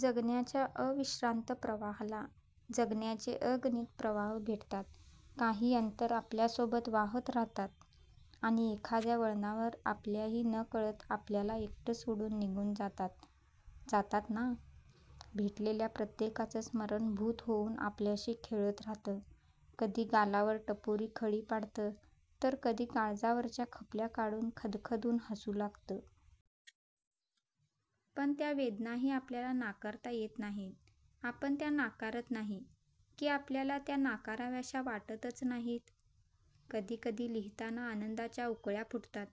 जगण्याच्या अविश्रांत प्रवाहाला जगण्याचे अगणित प्रवाह भेटतात. काही अंतर आपल्यासोबत वाहत राहतात. आणि एखाद्या वळणावर आपल्याही नकळत आपल्याला एकटं सोडून निघून जातात. जातात ना? भेटलेल्या प्रत्येकाचं स्मरण भुत होऊन आपल्याशी खेळत राहतं. कधी गालावर टपोरी खळी पाडतं तर कधी काळजावरच्या खपल्या काढून खदखदून हसू लागतं. पण त्या वेदनाही आपल्याला नाकारता येत नाहीत. आपण त्या नाकारत नाही.की आपल्याला त्या नाकाराव्याश्या वाटतच नाहीत? कधी कधी लिहीताना आनंदाच्या उकळ्या फुटतात.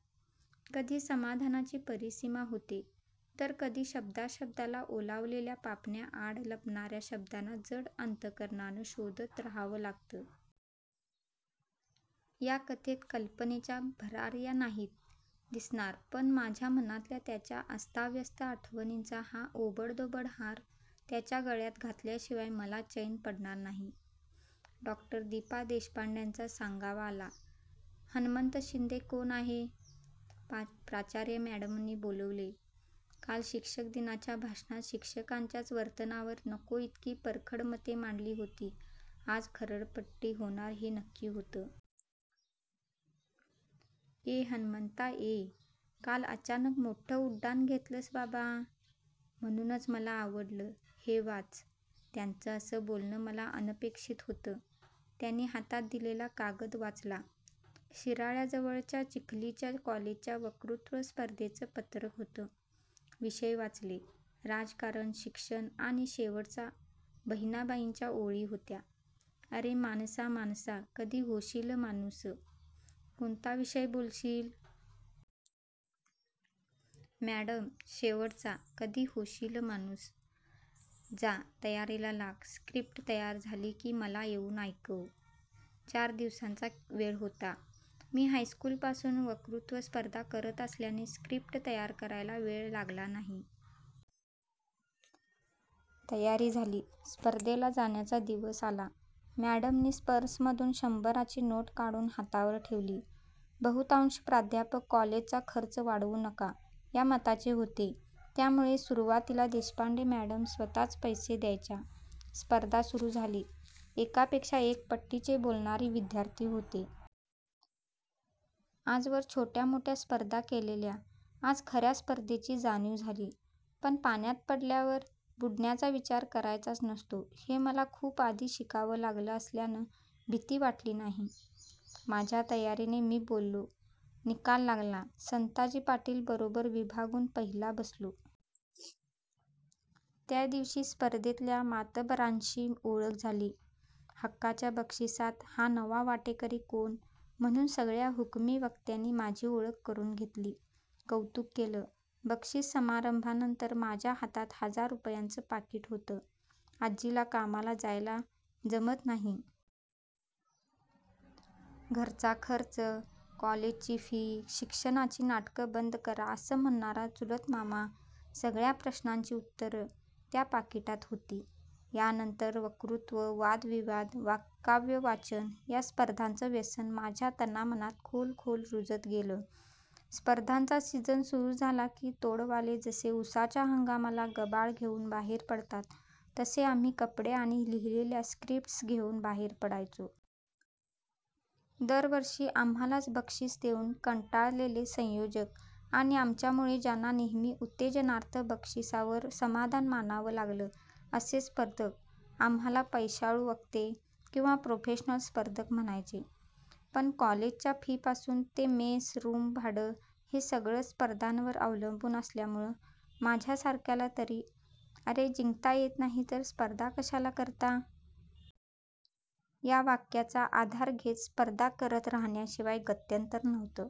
कधी समाधानाची परिसीमा होते.तर कधी शब्दा शब्दाला ओलावलेल्या पापण्या आड लपणार्या शब्दांना जड अंतकरणानं शोधत रहावं लागतं. या कथेत कल्पनेच्या भरार्या नाहीत दिसणार पण माझ्या मनातल्या त्याच्या अस्ताव्यस्त आठवणींचा हा ओबडधोबड हार त्याच्या गळ्यात घातल्याशिवाय मला चैन पडणार नाही.डॉ. दिपा देशपांडेंचा सांगावा आला "हणमंत शिंदे कोण आहे? प्राचार्य म्याडमनी बोलावलय" काल शिक्षक दिनाच्या भाषणात शिक्षकांच्याच वर्तनावर नको इतकी परखड मते मांडली होती आज खरडपट्टी होणार हे नक्की होतं. "ये हणमंता ये, काल अचानक मोठं उड्डाण घेतलसं बाबा? " "म्हणूनच मला आवडलं, हे वाच" त्यांचं असं बोलणं मला अनपेक्षीत होतं. त्यानी हातात दिलेला कागद वाचला शिराळ्याजवळच्या चिखलीच्या कॉलेजच्या वक्तृत्व स्पर्धेचं पत्रक होतं. विषय वाचले, राजकारण, शिक्षण आणि शेवटचा बहिणाबाईंच्या ओळी होत्या, अरे माणसा माणसा कधी होशीलं माणूसं, "कोणता विषय बोलशील? "म्याडम शेवटचा कधी होशील माणूस " "जा तयारीला लाग स्क्रिप्ट तयार झाली की मला येऊन ऐकवं" चार दिवसांचा वेळ होता. मी हायस्कूलपासून वक्तृत्व स्पर्धा करत असल्याने स्क्रिप्ट तयार करायला वेळ लागला नाही. तयारी झाली, स्पर्धेला जाण्याचा दिवस आला. म्याडमनी पर्समधून शंभराची नोट काढून हातावर ठेवली. बहुतांश प्राध्यापक कॉलेजचा खर्च वाढवू नका या मताचे होते. त्यामुळे सुरूवातीला देशपांडे म्याडम स्वतःच पैसे द्यायच्या. स्पर्धा सुरू झाली. एकापेक्षा एक पट्टीचे बोलणारे विध्यार्थी होते. आजवर छोट्या मोठ्या स्पर्धा केलेल्या आज खर्या स्पर्धेची जाणीव झाली. पण, पाण्यात पडल्यावर बुडण्याचा विचार करायचाच नसतो हे मला खूप आधी शिकावं लागलं असल्यानं भिती वाटली नाही. माझ्या तयारीने मी बोललो. निकाल लागला संताजी पाटील बरोबर विभागून पहिला बसलो. त्यादिवशी स्पर्धेतल्या मातब्बरांशी ओळख झाली. हक्काच्या बक्षीसात हा नवा वाटेकरी कोण म्हणून सगळ्या हुकमी वक्त्यांनी माझी ओळख करून घेतली, कौतुक केलं. बक्षीस समारंभानंतर माझ्या हातात हजार रुपयांचं पाकिट होतं. आज्जीला कामाला जायला जमत नाही. घरचा खर्च? कॉलेजची फी? शिक्षणाची नाटकं बंद करा म्हणणारा चुलत मामा? सगळ्या प्रश्नांची ऊत्तरं त्या पाकिटात हो्ती. या नंतर वक्तृत्व, वाद विवाद, काव्यवाचन या स्पर्धांचं व्यसन माझ्या तना मनात खोल खोल रुजत गेलं, स्पर्धांचा सिझन सुरू झाला की तोडवाले जसे उसाच्या हंगामाला गबाळ घेऊन बाहेर पडतात तसे आम्ही कपडे आणि लिहीलेल्या स्क्रिप्ट्स घेऊन बाहेर पडायचो. दर वर्षी आम्हालाच बक्षीसं देऊन कंटाळलेले संयोजक आणि आमच्यामुळे ज्यांना नेहमी उत्तेजनार्थ बक्षीसावर समाधान मानावं लागलं असे स्पर्धक आम्हाला पैशाळू वक्ते किंवा प्रोफेशनल स्पर्धक म्हणायचे. पण कॉलेजच्या फी पासून ते मेस, रूम भाडं हे सगळच स्पर्धांवर अवलंबून असल्यामुळ माझ्यासारख्याला तरी 'अरे जिंकता येत नाही तर स्पर्धा कशाला करता? या वाक्याचा आधार घेत स्पर्धा करत राहण्याशिवाय गत्यंतर नव्हतं.